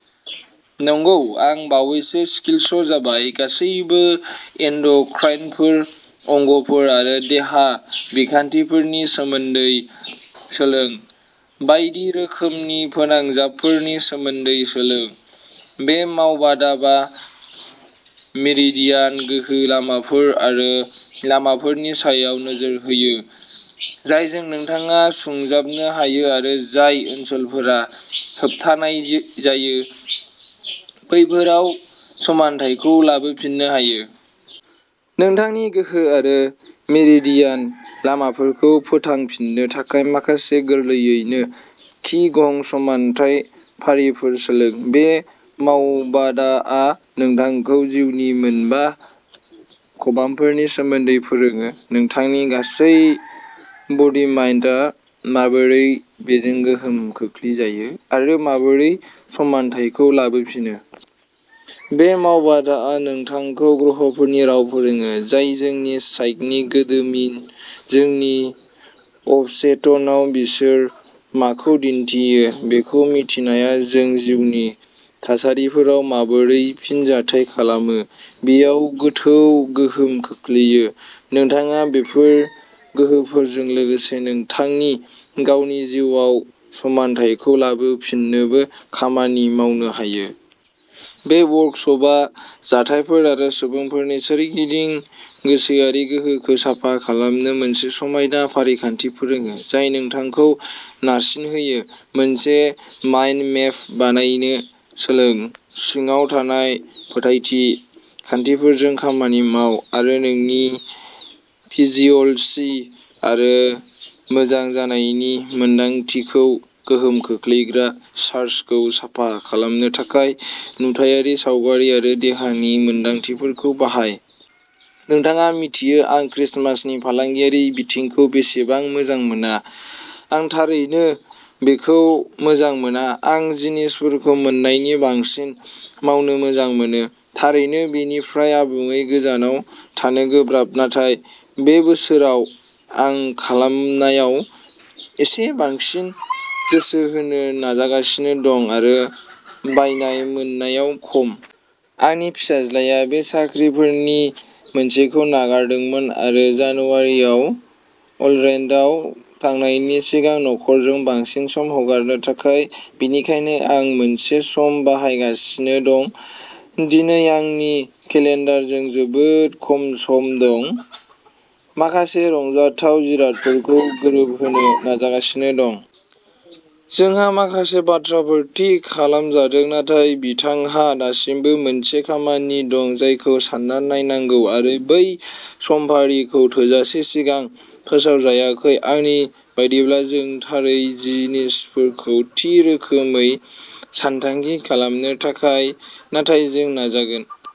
नंगौ, आं बावैसो स्किल्स जाबाय। गासैबो एन्डक्राइनफोर, अंगफोर आरो देहा बिखान्थिफोरनि सोमोन्दै सोलों। बायदि रोखोमनि फोनांजाबफोरनि सोमोन्दै सोलों। बे मावबादाआ मेरिडियान गोहो लामाफोर आरो लामाफोरनि सायाव नोजोर होयो, जायजों नोंथाङा सुंजाबनो हायो आरो जाय ओनसोलफोरा होबथाजायो, बैफोराव समानथायखौ लाबोफिननो हायो। नोंथांनि गोहो आरो मेरिडियान लामाफोरखौ फोथांफिन्नो थाखाय माखासे गोरलैयैनो कि गं समानथाय फारिफोर सोलों। बे मावबादाआ नोंथांखौ जिउनि मोनबा खबामफोरनि सोमोन्दै फोरोङो, नोंथांनि गासै बडीमाइन्डआ माबोरै बेजों गोहोम खोख्लैजायो, आरो माबोरै समानथायखौ लाबोफिनो। बे मावबादाआ नोंथांखौ ग्रहफोरनि राव फोरोङो, जाय जोंनि साइकनि गोदोमिन। जोंनि अबचेतनआव बिसोर माखौ दिन्थियो बेखौ मिथिनाया जों जिउनि थासारिफोराव माबोरै फिनजाथाय खालामो बेयाव गोथौ गोहोम खोख्लैयो। नोंथाङा बेफोर गोहोफोरजों लोगोसे नोंथांनि गावनि जिउआव समानथायखौ लाबोफिननोबो खामानि मावनो हायो। बे वर्कसपआ जाथायफोर आरो सुबुंफोरनि सोरगिदिं गोसोआरि गोहोखौ साफा खालामनो मोनसे समायना फारिखान्थि फोरोङो, जाय नोंथांखौ नारसिनहोयो। मोनसे माइन्ड मेप बानायनो सोलों, सिङाव थानाय फोथायथि खान्थिफोरजों खामानि माव, आरो नोंनि फिजिअल'जि आरो मोजां जानायनि मोनदांथिखौ गोहोम खोख्लैग्रा चार्जखौ साफा खालामनो थाखाय नुथायारि सावगारि आरो देहानि मोनदांथिफोरखौ बाहाय। नोंथाङा मिथियो आं क्रिसमासनि फालांगियारि बिथिंखौ बेसेबां मोजां मोना। आं थारैनो बेखौ मोजां मोना। आं जिनिसफोरखौ मोननायनिख्रुइ बांसिन मावनो मोजां मोनो। थारैनो, बेनिफ्राय आबुङै गोजानाव थानो गोब्राब नाथाय बे बोसोराव आं खालामनायाव एसे बांसिन गोसो होनो नाजागासिनो, आरो बायनाय/मोननायाव खम। आंनि फिसाज्लाया बे साख्रिफोरनि मोनसेखौ नागारदोंमोन आरो जानुवारियाव अरलेन्ड'आव थांनायनि सिगां नखरजों बांसिन सम हगारनो थाखाय, बेनिखायनो आं मोनसे सम बाहायगासिनो दं। दिनै आंनि केलेन्डारजों जोबोद खम सम दं, माखासे रंजाथाव जिरादफोरखौ गोरोबहोनो नाजागासिनो दं। जोंहा माखासे बाथ्राफोर थि खालामजादों नाथाय बिथांहा दासिमबो मोनसे खामानि दं जायखौ सान्ना नायनांगौ आरो बै समफारिखौ थोजासे सिगां फोसावजायाखै, आंनि बायदिब्ला, जों थारै जिनिसफोरखौ थि रोखोमै सानथांखि खालामनो थाखाय, नाथाय जों नाजागोन।